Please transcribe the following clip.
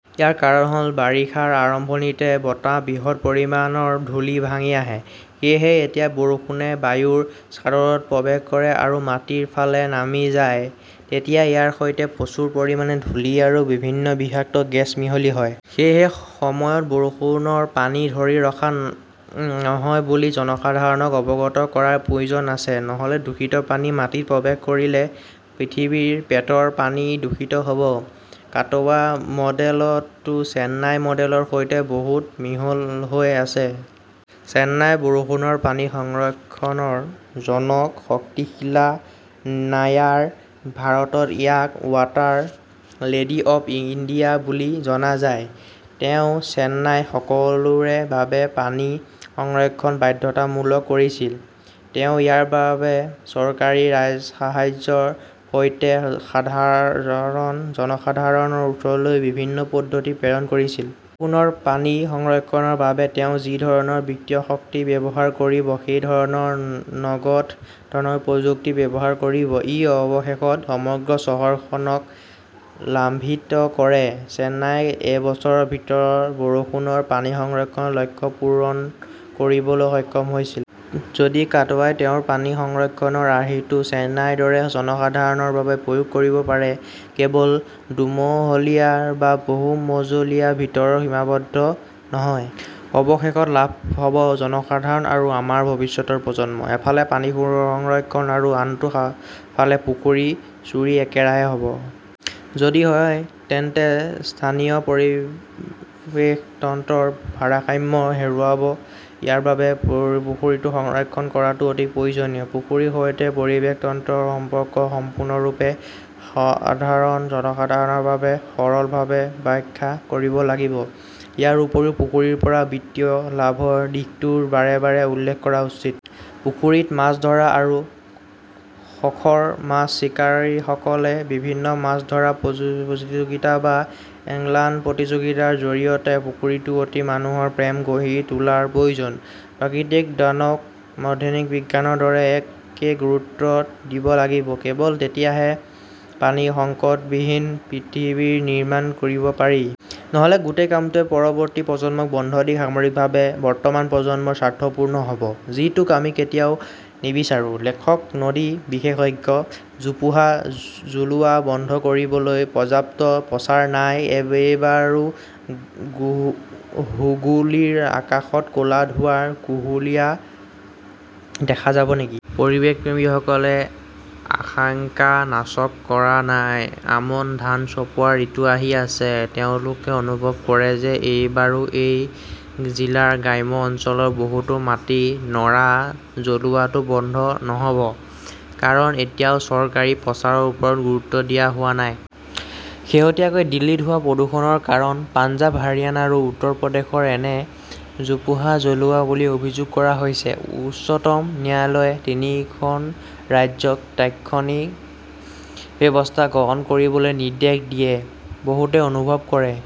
ইয়াৰ কাৰণ হ'ল, বাৰিষাৰ আৰম্ভণিতে বতাহত বৃহৎ পৰিমাণৰ ধূলি ভাহি থাকে। সেয়েহে যেতিয়া বৰষুণে বায়ুৰ চাদৰত প্ৰৱেশ কৰে আৰু মাটিৰ ফালে নামি যায়, তেতিয়া ইয়াৰ সৈতে প্ৰচুৰ পৰিমাণে ধূলি আৰু বিভিন্ন বিষাক্ত গেছ মিহলি হয়। সেয়েহে সেই সময়ত বৰষুণৰ পানী ধৰি ৰখা নহয় বুলি জনসাধাৰণক অৱগত কৰাৰ প্ৰয়োজন আছে। নহ'লে দূষিত পানী মাটিত প্ৰৱেশ কৰিলে পৃথিৱীৰ পেটৰ পানী দূষিত হ'ব। কাটৱা মডেলটো চেন্নাই মডেলৰ সৈতে বহুত মিল আছে। চেন্নাইত বৰষুণৰ পানী সংৰক্ষণৰ জনক শান্তিশিলা নায়াৰ। ভাৰতত ইয়াক ৱাটাৰ লেডী অৱ ইণ্ডিয়া বুলি জনা যায়। তেওঁ চেন্নাইত সকলোৰে বাবে পানী সংৰক্ষণ বাধ্যতামূলক কৰিছিল। তেওঁ ইয়াৰ বাবে চৰকাৰী 'ৰাজসাহায্য"ৰ সৈতে সাধাৰণ জনসাধাৰণৰ ওচৰলৈ বিভিন্ন পদ্ধতি প্ৰেৰণ কৰিছিল। বৰষুণৰ পানী সংৰক্ষণৰ বাবে তেওঁ যি ধৰণৰ বিত্তীয় শক্তি ব্যৱহাৰ কৰিব, সেই ধৰণৰ নগদ ধনৰ প্ৰযুক্তি ব্যৱহাৰ কৰিব। ই অৱশেষত সমগ্ৰ চহৰখনক লামভিত কৰে। চেন্নাইয়ে এবছৰৰ ভিতৰত বৰষুণৰ পানী সংৰক্ষণৰ লক্ষ্য পূৰণ কৰিবলৈ সক্ষম হৈছিল। যদি কাটৱাই তেওঁৰ পানী সংৰক্ষণৰ আৰ্হিটো চেন্নাইৰ দৰে জনসাধাৰণৰ বাবে প্ৰয়োগ কৰিব পাৰে, কেৱল দুমহলীয়া বা বহু-মজলীয়াৰ ভিতৰত সীমাবদ্ধ নহয়, অৱশেষত, লাভ হ'ব জনসাধাৰণৰ আৰু আমাৰ ভৱিষ্যতৰ প্ৰজন্মৰ। এফালে পানী সংৰক্ষণ আৰু আনটো ফালে, পুখুৰী চুৰি একেৰাহে হ'ব। যদি হয়, তেন্তে স্থানীয় পৰিৱেশ তন্ত্ৰৰ ভাৰসাম্য হেৰুৱাব। ইয়াৰ বাবে পুখুৰীটো সংৰক্ষণ কৰাটো অতি প্ৰয়োজনীয়। পুখুৰীৰ সৈতে পৰিৱেশ তন্ত্ৰৰ সম্পৰ্ক সম্পূৰ্ণৰূপে সাধাৰণ জনসাধাৰণৰ বাবে সৰলভাৱে ব্যাখ্যা কৰিব লাগিব। ইয়াৰ উপৰিও, পুখুৰীৰ পৰা বিত্তীয় লাভৰ দিশটোও বাৰে বাৰে উল্লেখ কৰা উচিত। পুখুৰীত মাছ ধৰা আৰু শখৰ মাছ চিকাৰীসকলে বিভিন্ন মাছ ধৰা প্ৰতিযোগিতা বা "এঙ্গলাৰ প্ৰতিযোগিতা"ৰ জৰিয়তে পুখুৰীটোৰ প্ৰতি মানুহৰ প্ৰেম গঢ়ি তোলাৰ প্ৰয়োজন। প্ৰকৃতিৰ দানক আধুনিক বিজ্ঞানৰ দৰে একে গুৰুত্ব দিব লাগিব। কেৱল তেতিয়াহে পানীৰ সংকটবিহীন পৃথিৱী নিৰ্মাণ কৰিব পাৰি। নহ'লে গোটেই কামটোৱেই পৰৱৰ্তী প্ৰজন্মক বন্ধক দি সাময়িকভাৱে বৰ্তমান প্ৰজন্মৰ স্বাৰ্থপূৰ্ণ হ'ব। যিটো আমি কেতিয়াও নিবিচাৰো। লেখক নদী বিশেষজ্ঞ। জোপোহা জ্বলোৱা বন্ধ কৰিবলৈ পৰ্যাপ্ত প্ৰচাৰ নাই এইবাৰো হুগলীৰ আকাশত ক'লা ধোঁৱাৰ কুণ্ডলী দেখা যাব নেকি? পৰিৱেশপ্ৰেমীসকলে আশংকা নাকচ কৰা নাই। আমন ধান চপোৱাৰ ঋতু আহি আছে। তেওঁলোকে অনুভৱ কৰে যে এইবাৰো এই জিলাৰ গ্ৰাম্য অঞ্চলৰ বহুতো মাটিত ন'ৰা জ্বলোৱাটো বন্ধ নহ'ব। কাৰণ, এতিয়াও চৰকাৰী প্ৰচাৰৰ ওপৰত গুৰুত্ব দিয়া হোৱা নাই। শেহতীয়াকৈ দিল্লীত হোৱা প্ৰদূষণৰ কাৰণ পঞ্জাৱ, হাৰিয়ানা আৰু উত্তৰ প্ৰদেশৰ এনে জোপোহা জ্বলোৱা বুলি অভিযোগ কৰা হৈছে। উচ্চতম ন্যায়ালয়ে তিনিওখন ৰাজ্যক তৎক্ষণাত ব্যৱস্থা গ্ৰহণ কৰিবলৈ নিৰ্দেশ দিয়ে। বহুতে অনুভৱ কৰে।